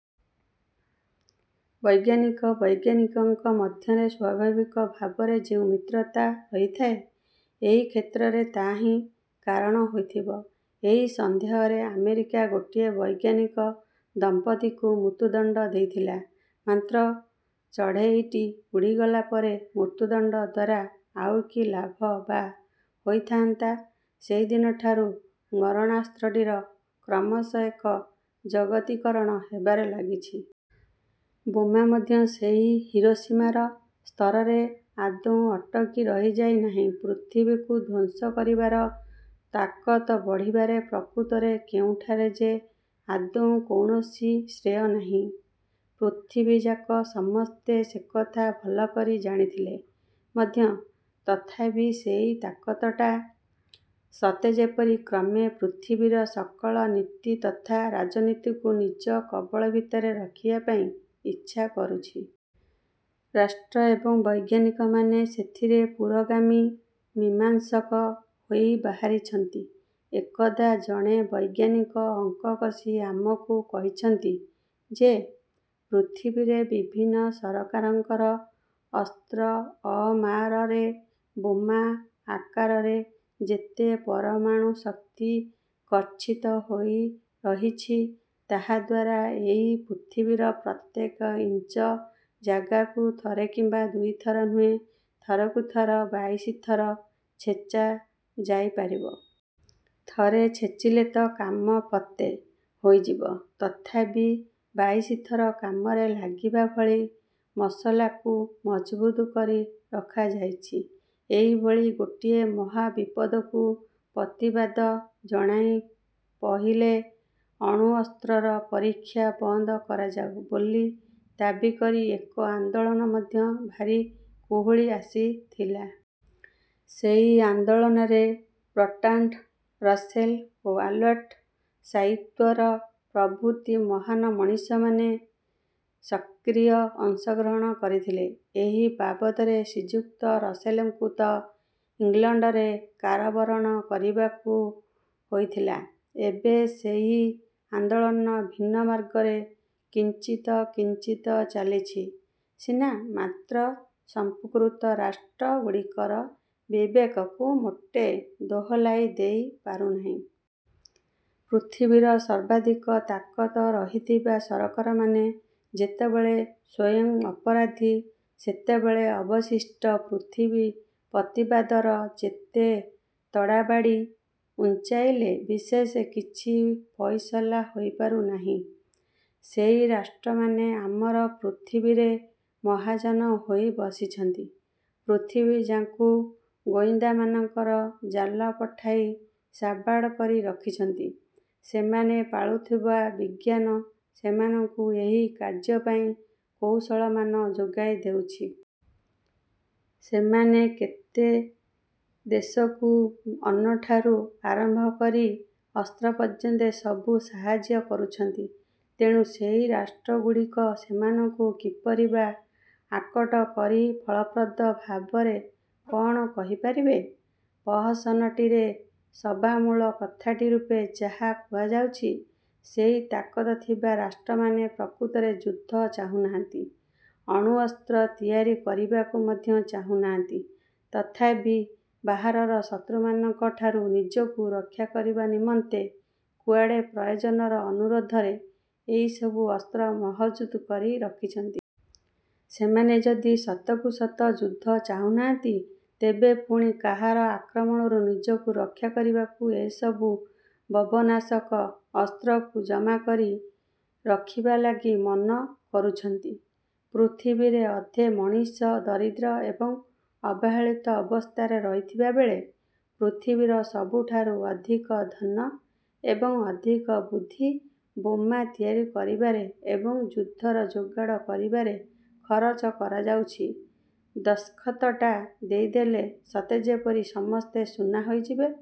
ବୈଜ୍ଞାନିକ ବୈଜ୍ଞାନିକଙ୍କ ମଧ୍ୟରେ ସ୍ୱାଭାବିକ ଭାବରେ ଯେଉଁ ମିତ୍ରତା ରହିଥାଏ, ଏହି କ୍ଷେତ୍ରରେ ତାହାହିଁ କାରଣ ହୋଇଥିବ। ଏହି ସନ୍ଦେହରେ ଆମେରିକା ଗୋଟିଏ ବୈଜ୍ଞାନିକ ଦମ୍ପତିକୁ ମୃତ୍ୟୁଦଣ୍ଡ ଦେଇଥିଲା। ମାତ୍ର ଚଢ଼େଇଟି ଉଡ଼ିଗଲା ପରେ ମୃତ୍ୟୁଦଣ୍ଡ ଦ୍ଵାରା ଆଉ କି ଲାଭ ବା ହୋଇଥାଆନ୍ତା? ସେହିଦିନଠାରୁ ମାରଣାସ୍ତ୍ରଟିର କ୍ରମଶଃ ଏକ ଜଗତୀକରଣ ହେବାରେ ଲାଗିଛି। ବୋମା ମଧ୍ୟ ସେହି ହିରୋସୀମାର ସ୍ତରରେ ଆଦୌ ଅଟକି ରହିଯାଇ ନାହିଁ। ପୃଥିବୀକୁ ଧ୍ୱଂସ କରିବାର ତାକତ ବଢ଼ିବାରେ ପ୍ରକୃତରେ କେଉଁଠାରେ ଯେ ଆଦୌ କୌଣସି ଶ୍ରେୟ ନାହିଁ,। ପୃଥିବୀଯାକ ସମସ୍ତେ ସେକଥା ଭଲକରି ଜାଣିଥିଲେ ମଧ୍ୟ ତଥାପି ସେହି ତାକତଟା ସତେଯେପରି କ୍ରମେ ପୃଥିବୀର ସକଳ ନୀତି ତଥା ରାଜନୀତିକୁ ନିଜ କବଳ ଭିତରେ ରଖିବା ପାଇଁ ଇଚ୍ଛା କରୁଛି। ରାଷ୍ଟ୍ର ଏବଂ ବୈଜ୍ଞାନିକମାନେ ସେଥିରେ ପୁରୋଗାମୀ ମୀମାଂସକ ହୋଇ ବାହାରିଛନ୍ତି। ଏକଦା ଜଣେ ବୈଜ୍ଞାନିକ ଅଙ୍କ କଷି ଆମକୁ କହିଛନ୍ତି ଯେ, ପୃଥିବୀରେ ବିଭିନ୍ନ ସରକାରଙ୍କର ଅସ୍ତ୍ରଅମାରରେ ବୋମା ଆକାରରେ ଯେତେ ପରମାଣୁଶକ୍ତି ଗଚ୍ଛିତ ହୋଇରହିଛି, ତାହାଦ୍ଵାରା ଏହି ପୃଥିବୀର ପ୍ରତ୍ୟେକ ଇଞ୍ଚ ଜାଗାକୁ ଥରେ କିମ୍ବା ଦୁଇଥର ନୁହେଁ, ଥରକୁ ଥର ବାଇଶିଥର ଛେଚା ଯାଇପାରିବ। ଥରେ ଛେଚିଲେ ତ କାମ ଫତେ ହୋଇଯିବ; ତଥାପି ବାଇଶିଥର କାମରେ ଲାଗିବା ଭଳି ମସଲାକୁ ମହଜୁଦ କରି ରଖାଯାଇଛି। ଏହିଭଳି ଗୋଟିଏ ମହାବିପଦକୁ ପ୍ରତିବାଦ ଜଣାଇ ପହିଲେ ଅଣୁଅସ୍ତ୍ରର ପରୀକ୍ଷା ବନ୍ଦ କରାଯାଉ ବୋଲି ଦାବି କରି ଏକ ଆନ୍ଦୋଳନ ମଧ୍ୟ ଭାରି କୁହୁଳି ଆସିଥିଲା। ସେହି ଆନ୍ଦୋଳନରେ ବର୍ଟ୍ରାଣ୍ଡ ରସେଲ ଓ ଆଲ୍ବର୍ଟ ଶ୍ୱାଇତ୍ଜର ପ୍ରଭୃତି ମହାନ ମଣିଷମାନେ ସକ୍ରିୟ ଅଂଶଗ୍ରହଣ କରିଥିଲେ। ଏହି ବାବଦରେ ଶ୍ରୀଯୁକ୍ତ ରସେଲଙ୍କୁ ତ ଇଂଲଣ୍ଡରେ କାରାବରଣ କରିବାକୁ ହୋଇଥିଲା। ଏବେ ସେହି ଆନ୍ଦୋଳନ ଭିନ୍ନ ମାର୍ଗରେ କିଞ୍ଚିତ କିଞ୍ଚିତ ଚାଲିଛି ସିନା, ମାତ୍ର ସଂପୃକ୍ତ ରାଷ୍ଟ୍ର ଗୁଡ଼ିକର ବିବେକକୁ ମୋଟେ ଦୋହଲାଇ ଦେଇ ପାରୁନାହିଁ। ପୃଥିବୀର ସର୍ବାଧିକ ତାକତ ରହିଥିବା ସରକାରମାନେ ଯେତେବେଳେ ସ୍ୱୟଂ ଅପରାଧୀ, ସେତେବେଳେ ଅବଶିଷ୍ଟ ପୃଥିବୀ ପ୍ରତିବାଦର ଯେତେ ତଡ଼ାବାଡ଼ି ଉଞ୍ଚାଇଲେ ବିଶେଷ କିଛି ଫଇସଲା ହୋଇପାରୁ ନାହିଁ। ସେହି ରାଷ୍ଟ୍ରମାନେ ଆମର ପୃଥିବୀରେ ମହାଜନ ହୋଇ ବସିଛନ୍ତି- ପୃଥିବୀଯାକକୁ ଗୋଇନ୍ଦାମାନଙ୍କର ଜାଲ ପଠାଇ ସାବାଡ଼ କରି ରଖିଛନ୍ତି, ସେମାନେ ପାଳୁଥିବା ବିଜ୍ଞାନ ସେମାନଙ୍କୁ ଏହି କାର୍ଯ୍ୟପାଇଁ କୌଶଳମାନ ଯୋଗାଇ ଦେଉଛି। ସେମାନେ କେତେ ଦେଶକୁ ଅନ୍ନଠାରୁ ଆରମ୍ଭ କରି ଅସ୍ତ୍ର ପର୍ଯ୍ୟନ୍ତ ସବୁ ସାହାଯ୍ୟ କରୁଛନ୍ତି। ତେଣୁ ସେହି ରାଷ୍ଟ୍ରଗୁଡ଼ିକ ସେମାନଙ୍କୁ କିପରି ବା ଆକଟ କରି ଫଳପ୍ରଦ ଭାବରେ କ'ଣ କହିପାରିବେ? ପ୍ରହସନଟିରେ ସବାମୂଳ କଥାଟି ରୂପେ ଯାହା କୁହାଯାଉଛି, ସେହି ତାକତ ଥିବା ରାଷ୍ଟ୍ରମାନେ ପ୍ରକୃତରେ ଯୁଦ୍ଧ ଚାହୁନାହାନ୍ତି, ଅଣୁଅସ୍ତ୍ର ତିଆରି କରିବାକୁ ମଧ୍ୟ ଚାହୁନାହାନ୍ତି, ତଥାପି ବାହାରର ଶତ୍ରୁମାନଙ୍କ ଠାରୁ ନିଜକୁ ରକ୍ଷା କରିବା ନିମନ୍ତେ କୁଆଡ଼େ ପ୍ରୟୋଜନର ଅନୁରୋଧରେ ଏହି ସବୁ ଅସ୍ତ୍ର ମହଜୁଦ କରି ରଖିଛନ୍ତି। ସେମାନେ ଯଦି ସତକୁ ସତ ଯୁଦ୍ଧ ଚାହୁନାହାନ୍ତି, ତେବେ ପୁଣି କାହାର ଆକ୍ରମଣରୁ ନିଜକୁ ରକ୍ଷା କରିବାକୁ ଏହିସବୁ ସର୍ବନାଶକ ଅସ୍ତ୍ରକୁ ଜମାକରି ରଖିବା ଲାଗି ମନ କରୁଛନ୍ତି? ପୃଥିବୀରେ ଅଧେ ମଣିଷ ଦରିଦ୍ର ଏବଂ ଅବହେଳିତ ଅବସ୍ଥାରେ ରହିଥିବାବେଳେ ପୃଥିବୀର ସବୁଠାରୁ ଅଧିକ ଧନ ଏବଂ ଅଧିକ ବୁଦ୍ଧି ବୋମା ତିଆରି କରିବାରେ ଏବଂ ଯୁଦ୍ଧର ଯୋଗାଡ଼ କରିବାରେ ଖରଚ କରାଯାଉଛି। ଦସ୍ତଖତଟା ଦେଇଦେଲେ ସତେଯେପରି ସମସ୍ତେ ସୁନା ହୋଇଯିବେ